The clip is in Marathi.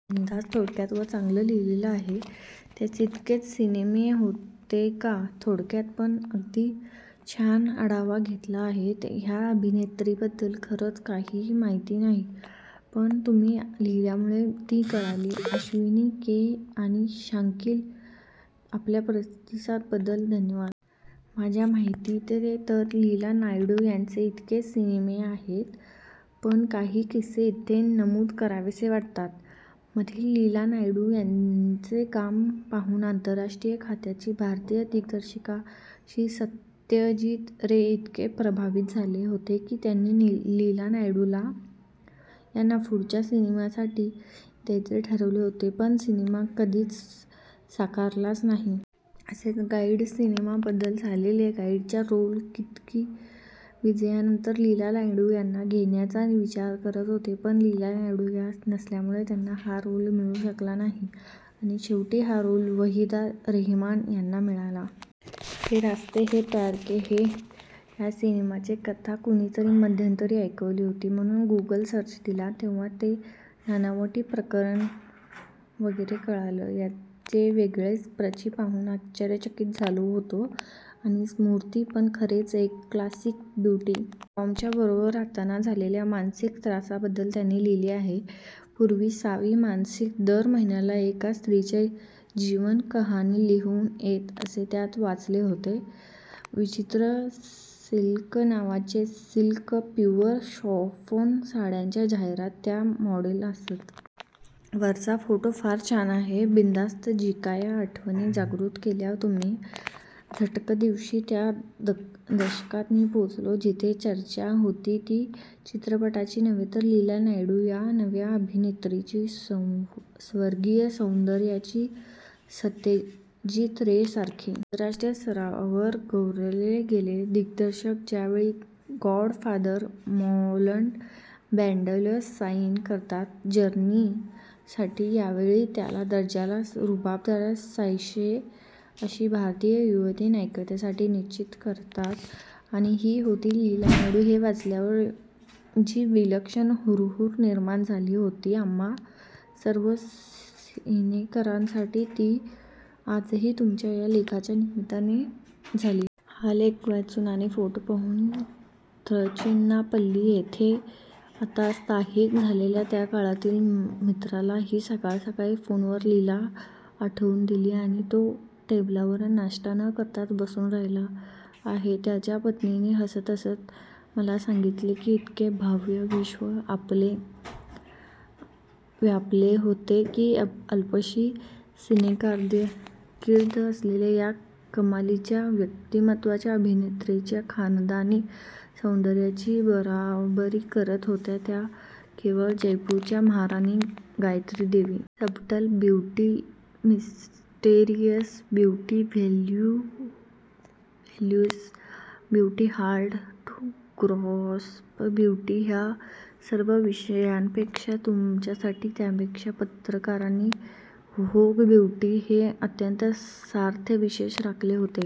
बिनधास्त, थोडक्यात पण चांगलं लिहिलं आहे. त्यांचे इतकेच सिनेमे होते का? थोडक्यात पण अगदी छान आढावा घेतला आहे. ह्या अभिनेत्रीबद्दल खरंच काहीही माहिती नाही. पण तुम्ही लिहिल्यामुळे ती कळाली. अश्विनि के. आणि शांकली, आपल्या प्रतिसाद बद्दल धन्यवाद! माझ्या माहितीतील तर लीला नायडू यांचे इतकेच सिनेमे आहेत. पण काही किस्से इथे नमूद करावेसे वाटतात! '' मधील लीला नायडू यांचे काम पाहून अंतरराष्ट्रीय ख्यातीचे भारतीय दिग्दर्शक श्री सत्यजित रे इतके प्रभावित झाले होते कि त्यांनी लीला नायडू याना पुढच्या सिनेमा साठी घ्यायचे ठरविले होते पण हा सिनेमा कधी साकारालाच नाही! असेच 'गाईड' सिनेमा बद्दल झाले गाईडच्या रोल करीता विजयानंद लीला नायडू याना घेण्याच्या विचारात होते. पण लीला नायडू या नसल्यामुळे त्यांना हा रोल मिळू शकला नाही आणि शेवटी हा रोल वहिदा रेहमान यांना मिळाला! ये रास्ते है प्यार के या सिनेमाची कथा कुणीतरी मध्यंतरी ऐकवली होती म्हणून गूगल सर्च दिला तेव्हां हे नानावटी प्रकरण वगैरे कळालं. त्यांचे त्यावेळचे प्रचि पाहून आश्चर्यचकित झालो होतो. आणि स्मृती पण. खरेच एक क्लासिक ब्युटी. डॉमच्या बरोबर राहताना झालेल्या मानसिक त्रासा बद्दल त्यांनि लिहीले आहे. पूर्वी सावी मासिकात दर महिन्याला एका स्त्रीची जीवनकहाणी लिहून येत असे त्यात वाचले होते. विचित्र सिल्क नावाच्या सिल्क/ प्युअर शिफॉन साड्यांच्या जाहिरातीत त्या मॉडेल असत. वरचा फोटो फार छान आहे. बिनधास्त जीकाय आठवणी जागृत केल्या तुम्ही! झटदिशी त्या दशकात मी पोचलो जिथे चर्चा होती ती चित्रपटाची नव्हे तर 'लीला नायडू' या नव्या अभिनेत्रीच्या स्वर्गीय सौंदर्याची. सत्यजीत रे सारखे आंतरराष्ट्रीय स्तरावर गौरविले गेलेले दिग्दर्शक ज्यावेळी "गॉडफादर" मार्लन ब्रॅण्डोला साईन करतात 'जर्नी' साठी त्यावेळी त्याच्या दर्जाला रुबाबाला साजेशी अशी भारतीय युवती नायिकेसाठी निश्चित करतात आणि ती होती 'लीला नायडू' हे वाचल्यावर जी विलक्षण हुरहूर निर्माण झाली होती आम्हा सर्व सिनेरसिकांसाठी ती आजही तुमच्या या लेखाच्या निमित्ताने झाली. हा लेख वाचून आणि फोटो पाहून त्रिचन्नापल्ली इथे आता स्थायिक झालेल्या 'त्या' काळातील मित्राला मी सकाळीसकाळी फोनवरून 'लीला' आठवून दिलीआणि तो टेबलवर नाष्टा न करताच बसून राहिला आहे असे त्याच्या पत्नीने हसतहसत मला सांगितलेइतके भावविश्व आमचे व्यापले होते अल्पशी सिनेकारकिर्द असलेल्या या कमालीच्या व्यक्तिमत्वाच्या अभिनेत्रीनेतिच्या खानदानी सौंदर्याची बरोबरी करीत होत्या त्या केवळ जयपूरच्या महाराणी Gayatri Devi. "Subtle beauty mysterious beauty elusive beauty hard to grasp beauty" या सर्व विशेषणांपेक्षा तिच्यासाठी त्यावेळेच्या पत्रकारांनी 'व्होग ब्यूटी' हे अत्यंत सार्थ विशेषण राखले होते.